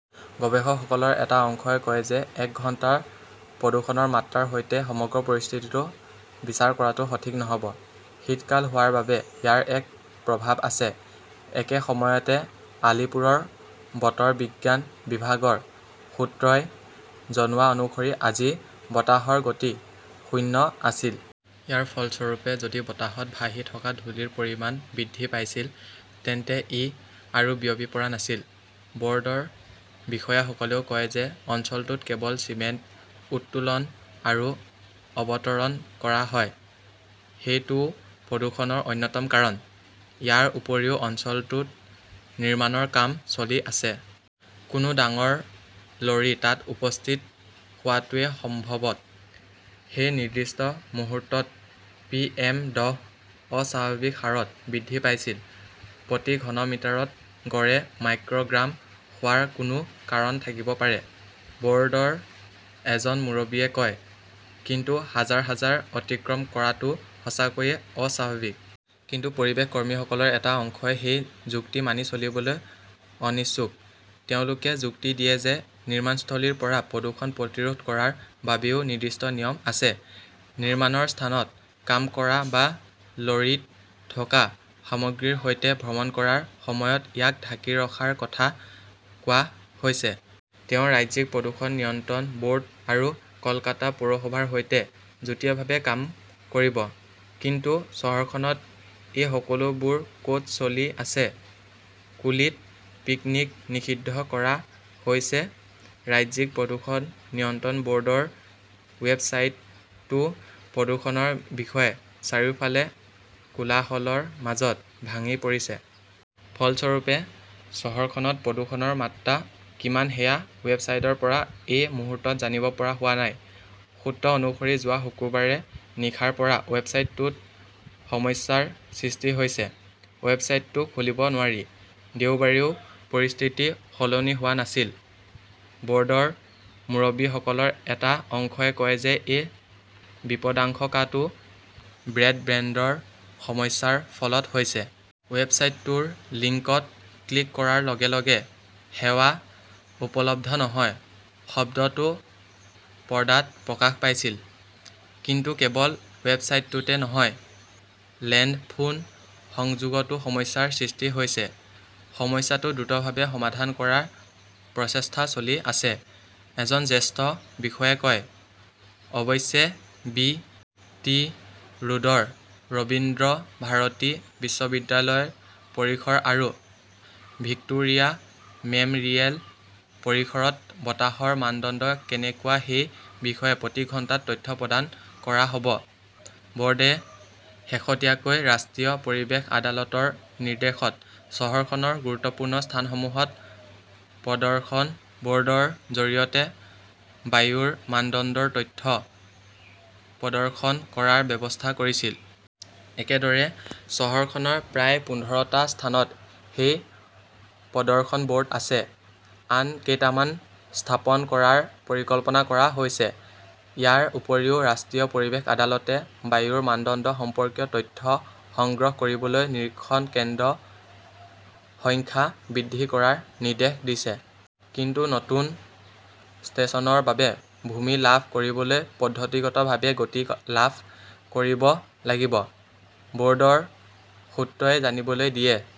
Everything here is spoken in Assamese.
গৱেষকসকলৰ এটা অংশই কয় যে এক ঘণ্টাৰ প্ৰদূষণৰ মাত্ৰাৰ সৈতে সমগ্ৰ পৰিস্থিতিটো বিচাৰ কৰাটো সঠিক নহ 'ব। শীতকাল হোৱাৰ বাবে ইয়াৰ এক প্ৰভাৱ আছে। একে সময়তে, আলীপুৰৰ বতৰ বিজ্ঞান বিভাগৰ সূত্ৰই জনোৱা অনুসৰি আজি বতাহৰ গতি শূন্য আছিল। ইয়াৰ ফলস্বৰূপে যদি বতাহত ভাহি থকা ধূলিৰ পৰিমাণ বৃদ্ধি পাইছিল, তেন্তে ই আৰু বিয়পি পৰা নাছিল। ব'ৰ্ডৰ বিষয়াসকলেও কয় যে অঞ্চলটোত কেৱল চিমেণ্ট উত্তোলন আৰু অৱতৰণ কৰা হয়। সেইটোও প্ৰদূষণৰ অন্যতম কাৰণ। ইয়াৰ উপৰিও অঞ্চলটোত নিৰ্মাণৰ কাম চলি আছে। কোনো ডাঙৰ লৰী তাত উপস্থিত হোৱাটোৱে সম্ভৱতঃ সেই নিৰ্দিষ্ট মুহূৰ্তত পিএম দহ অস্বাভাৱিক হাৰত বৃদ্ধি কৰিছিল। প্ৰতি ঘনমিটাৰত গড়ে মাইক্ৰ" গ্ৰাম হোৱাৰ কোনো কাৰণ থাকিব পাৰে, ব'ৰ্ডৰ এজন মুৰব্বীয়ে কয়। কিন্তু হাজাৰ হাজাৰ অতিক্ৰম কৰাটো সঁচাকৈয়ে অস্বাভাৱিক। কিন্তু পৰিৱেশ কৰ্মীসকলৰ এটা অংশই সেই যুক্তি মানি চলিবলৈ অনিচ্ছুক। তেওঁলোকে যুক্তি দিয়ে যে নিৰ্মাণস্থলীৰ পৰা প্ৰদূষণ প্ৰতিৰোধ কৰাৰ বাবেও নিৰ্দিষ্ট নিয়ম আছে। নিৰ্মাণৰ স্থানত কাম কৰা বা লৰীত থকা সামগ্ৰীৰ সৈতে ভ্ৰমণ কৰাৰ সময়ত ইয়াক ঢাকি ৰখাৰ কথা কোৱা হৈছে। তেওঁ ৰাজ্যিক প্ৰদূষণ নিয়ন্ত্ৰণ ব'ৰ্ড আৰু কলকাতা পৌৰসভাৰ সৈতে যুটীয়াভাৱে কাম কৰিব। কিন্তু চহৰখনত এই সকলোবোৰ ক'ত চলি আছে? কুলীত পিকনিক নিষিদ্ধ কৰা হৈছে ৰাজ্যিক প্ৰদূষণ নিয়ন্ত্ৰণ ব'ৰ্ডৰ ৱেবছাইটটো প্ৰদূষণৰ বিষয়ে চাৰিওফালে কোলাহলৰ মাজত ভাঙি পৰিছে! ফলস্বৰূপে, চহৰখনত প্ৰদূষণৰ মাত্ৰা কিমান সেয়া ৱেবছাইটৰ পৰা এই মুহূৰ্তত জানিব পৰা হোৱা নাই। সূত্ৰ অনুসৰি যোৱা শুক্ৰবাৰে নিশাৰ পৰা ৱেবছাইটটোত সমস্যাৰ সৃষ্টি হৈছে। ৱেবছাইটটো খুলিব নোৱাৰি। দেওবাৰেও পৰিস্থিতি সলনি হোৱা নাছিল। ব'ৰ্ডৰ মুৰব্বীসকলৰ এটা অংশই কয় যে এই বিপদাশংকাটো ব্ৰডবেণ্ডৰ সমস্যাৰ ফলত হৈছে। ৱেবছাইটৰ লিংকত ক্লিক কৰাৰ লগে লগে 'সেৱা উপলব্ধ নহয়'শব্দটো পৰ্দাত প্ৰকাশ পাইছিল। কিন্তু কেৱল ৱেবছাইটতে নহয়, লেণ্ডফোন সংযোগতো সমস্যাৰ সৃষ্টি হৈছে। সমস্যাটো দ্ৰুতভাৱে সমাধান কৰাৰ প্ৰচেষ্টা চলি আছে, এজন জ্যেষ্ঠ বিষয়াই কয়। অৱশ্যে, বি. টি. ৰোডৰ ৰবীন্দ্ৰভাৰতী বিশ্ববিদ্যালয় পৰিসৰ আৰু ভিক্টোৰিয়া মেম'ৰিয়েল পৰিসৰত বতাহৰ মানদণ্ড কেনেকুৱা সেই বিষয়ে প্ৰতি ঘণ্টাত তথ্য প্ৰদান কৰা হয়। ব'ৰ্ডে শেহতীয়াকৈ ৰাষ্ট্ৰীয় পৰিৱেশ আদালতৰ নিৰ্দেশত চহৰখনৰ গুৰুত্বপূৰ্ণ স্থানসমূহত প্ৰদৰ্শন ব'ৰ্ড ৰ জৰিয়তে বায়ুৰ মানদণ্ডৰ তথ্য প্ৰদৰ্শন কৰাৰ ব্যৱস্থা কৰিছিল। একেদৰে, চহৰখনৰ প্ৰায় পোন্ধৰ টা স্থানত সেই 'প্ৰদৰ্শন ব'ৰ্ড' আছে। আন কেইটামান স্থাপন কৰাৰ পৰিকল্পনা কৰা হৈছে। ইয়াৰ উপৰিও ৰাষ্ট্ৰীয় পৰিৱেশ আদালতে বায়ুৰ মানদণ্ড সম্পৰ্কীয় তথ্য সংগ্ৰহ কৰিবলৈ নিৰীক্ষণ কেন্দ্ৰৰ সংখ্যা বৃদ্ধি কৰাৰ নিৰ্দেশ দিছে। কিন্তু নতুন ষ্টেচনৰ বাবে ভূমি লাভ কৰিবলৈ পদ্ধতিগতভাৱে গতি লাভ কৰিব লাগিব, ব'ৰ্ডৰ সূত্ৰই জানিবলৈ দিয়ে।